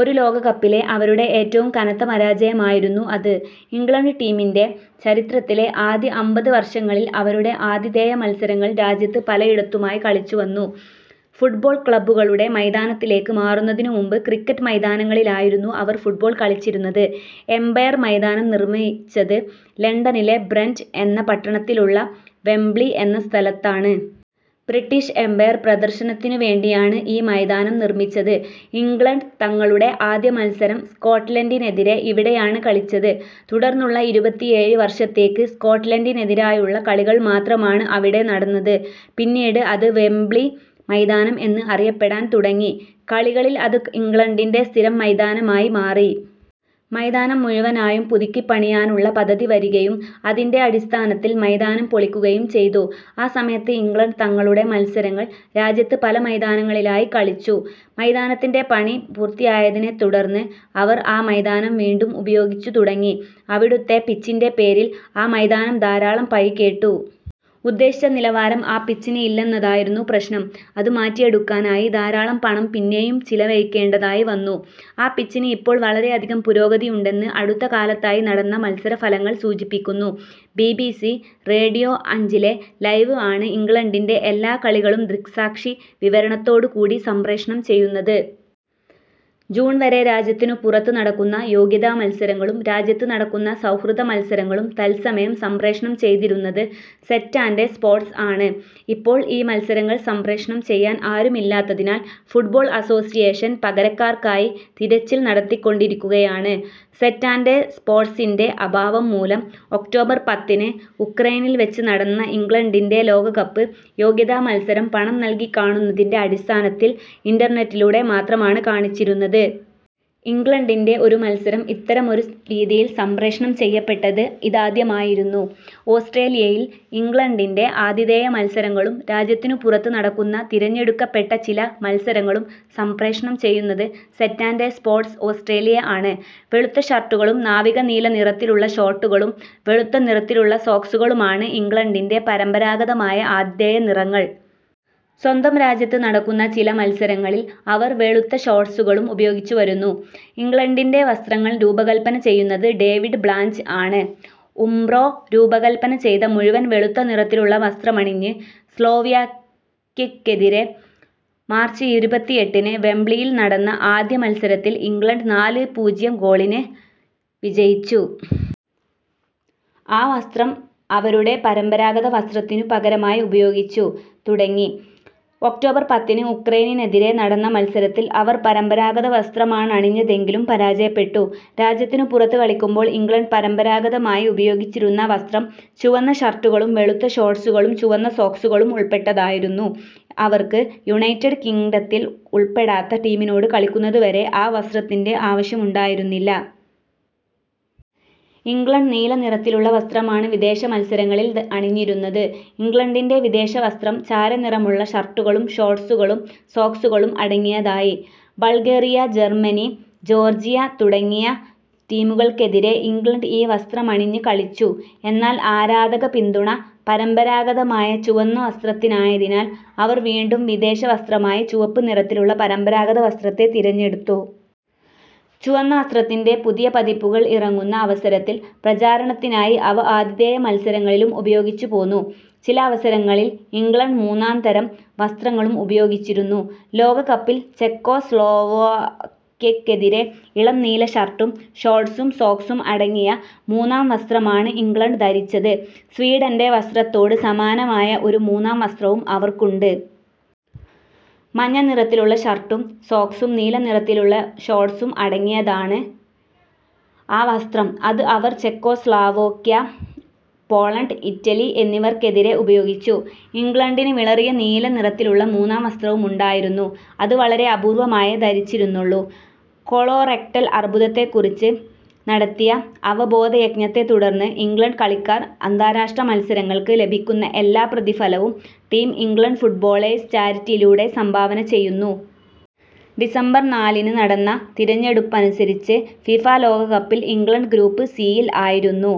ഒരു ലോകകപ്പിലെ അവരുടെ ഏറ്റവും കനത്ത പരാജയമായിരുന്നു അത്. ഇംഗ്ലണ്ട് ടീമിന്റെ ചരിത്രത്തിലെ ആദ്യ അമ്പത് വർഷങ്ങളിൽ അവരുടെ ആതിഥേയ മത്സരങ്ങൾ രാജ്യത്ത് പലയിടത്തുമായി കളിച്ചു വന്നു. ഫുട്ബോൾ ക്ലബ്ബുകളുടെ മൈതാനത്തിലേക്ക് മാറുന്നതിനു മുമ്പ് ക്രിക്കറ്റ് മൈതാനങ്ങളിലായിരുന്നു അവർ ഫുട്ബോൾ കളിച്ചിരുന്നത്. എമ്പയർ മൈതാനം നിർമ്മിച്ചത് ലണ്ടനിലെ ബ്രെന്റ് എന്ന പട്ടണത്തിലുള്ള വെംബ്ലി എന്ന സ്ഥലത്താണ്. ബ്രിട്ടീഷ് എമ്പയർ പ്രദർശനത്തിനു വേണ്ടിയാണ് ഈ മൈതാനം നിർമ്മിച്ചത്. ഇംഗ്ലണ്ട് തങ്ങളുടെ ആദ്യ മത്സരം സ്കോട്ട്ലൻഡിനെതിരെ ഇവിടെയാണ് കളിച്ചത്. തുടർന്നുള്ള ഇരുപത്തിയേഴ് വർഷത്തേക്ക് സ്കോട്ട്ലൻഡിനെതിരായുള്ള കളികൾ മാത്രമാണ് അവിടെ നടന്നത്. പിന്നീട് അത് വെംബ്ലി മൈതാനം എന്ന് അറിയപ്പെടാൻ തുടങ്ങി. കളികളിൽ അത് ഇംഗ്ലണ്ടിന്റെ സ്ഥിരം മൈതാനമായി മാറി. മൈതാനം മുഴുവനായും പുതുക്കിപ്പണിയാനുള്ള പദ്ധതി വരികയും അതിന്റെ അടിസ്ഥാനത്തിൽ മൈതാനം പൊളിക്കുകയും ചെയ്തു. ആ സമയത്ത് ഇംഗ്ലണ്ട് തങ്ങളുടെ മത്സരങ്ങൾ രാജ്യത്ത് പല മൈതാനങ്ങളിലായി കളിച്ചു. മൈതാനത്തിന്റെ പണി പൂർത്തിയായതിനെത്തുടർന്ന് അവർ ആ മൈതാനം വീണ്ടും ഉപയോഗിച്ചു തുടങ്ങി. അവിടുത്തെ പിച്ചിന്റെ പേരിൽ ആ മൈതാനം ധാരാളം പഴികേട്ടു. ഉദ്ദേശിച്ച നിലവാരം ആ പിച്ചിന് ഇല്ലെന്നതായിരുന്നു പ്രശ്നം. അത് മാറ്റിയെടുക്കാനായി ധാരാളം പണം പിന്നേയും ചിലവഴിക്കേണ്ടതായി വന്നു. ആ പിച്ചിന് ഇപ്പോൾ വളരെയധികം പുരോഗതിയുണ്ടെന്ന് അടുത്തകാലത്തായി നടന്ന മത്സരഫലങ്ങൾ സൂചിപ്പിക്കുന്നു. ബി. ബി. സി. റേഡിയോ അഞ്ചിലെ ലൈവ് ആണ് ഇംഗ്ലണ്ടിന്റെ എല്ലാ കളികളും ദൃക്സാക്ഷിവിവരണത്തോടുകൂടി സംപ്രേഷണം ചെയ്യുന്നത്. ജൂൺ വരെ രാജ്യത്തിനു പുറത്ത് നടക്കുന്ന യോഗ്യതാമത്സരങ്ങളും രാജ്യത്ത് നടക്കുന്ന സൗഹൃദമത്സരങ്ങളും തത്സമയം സംപ്രേഷണം ചെയ്തിരുന്നത് സെറ്റാന്റ സ്പോർട്ട്സ് ആണ്. ഇപ്പോൾ ഈ മത്സരങ്ങൾ സംപ്രേഷണം ചെയ്യാൻ ആരുമില്ലാത്തതിനാൽ ഫുട്ബോൾ അസോസിയേഷൻ പകരക്കാർക്കായി തിരച്ചിൽ നടത്തിക്കൊണ്ടിരിക്കുകയാണ്. സെറ്റാന്റ സ്പോർട്ട്സിന്റെ അഭാവം മൂലം ഒക്ടോബർ പത്തിന് ഉക്രൈനിൽ വെച്ച് നടന്ന ഇംഗ്ലണ്ടിന്റെ ലോകകപ്പ് യോഗ്യതാമത്സരം പണം നൽകി കാണുന്നതിന്റെ അടിസ്ഥാനത്തിൽ ഇന്റർനെറ്റിലൂടെ മാത്രമാണ് കാണിച്ചിരുന്നത്. ഇംഗ്ലണ്ടിന്റെ ഒരു മത്സരം ഇത്തരമൊരു രീതിയിൽ സംപ്രേഷണം ചെയ്യപ്പെട്ടത് ഇതാദ്യമായിരുന്നു. ഓസ്ട്രേലിയയിൽ, ഇംഗ്ലണ്ടിന്റെ ആതിഥേയ മത്സരങ്ങളും രാജ്യത്തിനു പുറത്ത് നടക്കുന്ന തിരഞ്ഞെടുക്കപ്പെട്ട ചില മത്സരങ്ങളും സംപ്രേഷണം ചെയ്യുന്നത് സെറ്റാന്റ സ്പോർട്ട്സ് ഓസ്ട്രേലിയ ആണ്. വെളുത്ത ഷർട്ടുകളും നാവിക നീല നിറത്തിലുള്ള ഷോർട്ടുകളും വെളുത്ത നിറത്തിലുള്ള സോക്സുകളുമാണ് ഇംഗ്ലണ്ടിന്റെ പരമ്പരാഗതമായ ആതിഥേയ നിറങ്ങൾ. സ്വന്തം രാജ്യത്ത് നടക്കുന്ന ചില മത്സരങ്ങളിൽ അവർ വെളുത്ത ഷോർട്ട്സുകളും ഉപയോഗിച്ചുവരുന്നു. ഇംഗ്ലണ്ടിന്റെ വസ്ത്രങ്ങൾ രൂപകല്പന ചെയ്യുന്നത് ഡേവിഡ് ബ്ലാഞ്ച് ആണ്. ഉംബ്രോ രൂപകല്പന ചെയ്ത മുഴുവൻ വെളുത്തനിറത്തിലുള്ള വസ്ത്രമണിഞ്ഞ് സ്ലോവാക്യക്കെതിരെ മാർച്ച് ഇരുപത്തിഎട്ടിന് വെംബ്ലിയിൽ നടന്ന ആദ്യ മത്സരത്തിൽ ഇംഗ്ലണ്ട് നാല് -പൂജ്യം ഗോളിന് വിജയിച്ചു. ആ വസ്ത്രം അവരുടെ പരമ്പരാഗത വസ്ത്രത്തിനു പകരമായി ഉപയോഗിച്ചു തുടങ്ങി. ഒക്ടോബർ പത്തിന് ഉക്രൈനിനെതിരെ നടന്ന മത്സരത്തിൽ അവർ പരമ്പരാഗത വസ്ത്രമാണണിഞ്ഞതെങ്കിലും പരാജയപ്പെട്ടു. രാജ്യത്തിനു പുറത്ത് കളിക്കുമ്പോൾ ഇംഗ്ലണ്ട് പരമ്പരാഗതമായി ഉപയോഗിച്ചിരുന്ന വസ്ത്രം ചുവന്ന ഷർട്ടുകളും വെളുത്ത ഷോർട്ട്സുകളും ചുവന്ന സോക്സുകളും ഉൾപ്പെട്ടതായിരുന്നു. അവർക്ക് യുണൈറ്റഡ് കിംഗ്ഡത്തിൽ ഉൾപ്പെടാത്ത ടീമിനോട് കളിക്കുന്നത് വരെ ആ വസ്ത്രത്തിന്റെ ആവശ്യമുണ്ടായിരുന്നില്ല. ഇംഗ്ലണ്ട് നീല നിറത്തിലുള്ള വസ്ത്രമാണ് വിദേശമത്സരങ്ങളിൽ അണിഞ്ഞിരുന്നത്. ഇംഗ്ലണ്ടിന്റെ വിദേശവസ്ത്രം ചാരനിറമുള്ള ഷർട്ടുകളും ഷോർട്ട്സുകളും സോക്സുകളും അടങ്ങിയതായി. ബൾഗേറിയ, ജർമ്മനി, ജോർജിയ തുടങ്ങിയ ടീമുകൾക്കെതിരെ ഇംഗ്ലണ്ട് ഈ വസ്ത്രമണിഞ്ഞ് കളിച്ചു. എന്നാൽ ആരാധകപിന്തുണ പരമ്പരാഗതമായ ചുവന്ന വസ്ത്രത്തിനായതിനാൽ അവർ വീണ്ടും വിദേശ വസ്ത്രമായി ചുവപ്പ് നിറത്തിലുള്ള പരമ്പരാഗത വസ്ത്രത്തെ തിരഞ്ഞെടുത്തു. ചുവന്ന വസ്ത്രത്തിന്റെ പുതിയ പതിപ്പുകൾ ഇറങ്ങുന്ന അവസരത്തിൽ പ്രചാരണത്തിനായി അവ ആതിഥേയ മത്സരങ്ങളിലും ഉപയോഗിച്ചുപോന്നു. ചില അവസരങ്ങളിൽ ഇംഗ്ലണ്ട് മൂന്നാം തരം വസ്ത്രങ്ങളും ഉപയോഗിച്ചിരുന്നു. ലോകകപ്പിൽ ചെകോസ്ലോവാക്യക്കെതിരെ ഇളം നീല ഷർട്ടും ഷോർട്ട്സും സോക്സും അടങ്ങിയ മൂന്നാം വസ്ത്രമാണ് ഇംഗ്ലണ്ട് ധരിച്ചത്. സ്വീഡന്റെ വസ്ത്രത്തോട് സമാനമായ ഒരു മൂന്നാം വസ്ത്രവും അവർക്കുണ്ട്. മഞ്ഞ നിറത്തിലുള്ള ഷർട്ടും സോക്സും നീല നിറത്തിലുള്ള ഷോർട്ട്സും അടങ്ങിയാതാണ് ആ വസ്ത്രം. അത് അവർ ചെകോസ്ലോവാക്യ, പോളണ്ട്, ഇറ്റലി എന്നിവർക്കെതിരെ ഉപയോഗിച്ചു. ഇംഗ്ലണ്ടിന് വിളറിയ നീല നിറത്തിലുള്ള മൂന്നാം വസ്ത്രവുമുണ്ടായിരുന്നു. അത് വളരെ അപൂർവ്വമായേ ധരിച്ചിരുന്നുള്ളൂ. കൊളോറെക്ടൽ അർബുദത്തെക്കുറിച്ച് നടത്തിയ അവബോധയജ്ഞത്തെത്തുടർന്ന് ഇംഗ്ലണ്ട് കളിക്കാർ അന്താരാഷ്ട്ര മത്സരങ്ങൾക്ക് ലഭിക്കുന്ന എല്ലാ പ്രതിഫലവും ടീം ഇംഗ്ലണ്ട് ഫുട്ബോളേഴ്സ് ചാരിറ്റിയിലൂടെ സംഭാവന ചെയ്യുന്നു. ഡിസംബർ നാലിന് നടന്ന തിരഞ്ഞെടുപ്പനുസരിച്ച് ഫിഫ ലോകകപ്പിൽ ഇംഗ്ലണ്ട് ഗ്രൂപ്പ് സിയിൽ ആയിരുന്നു.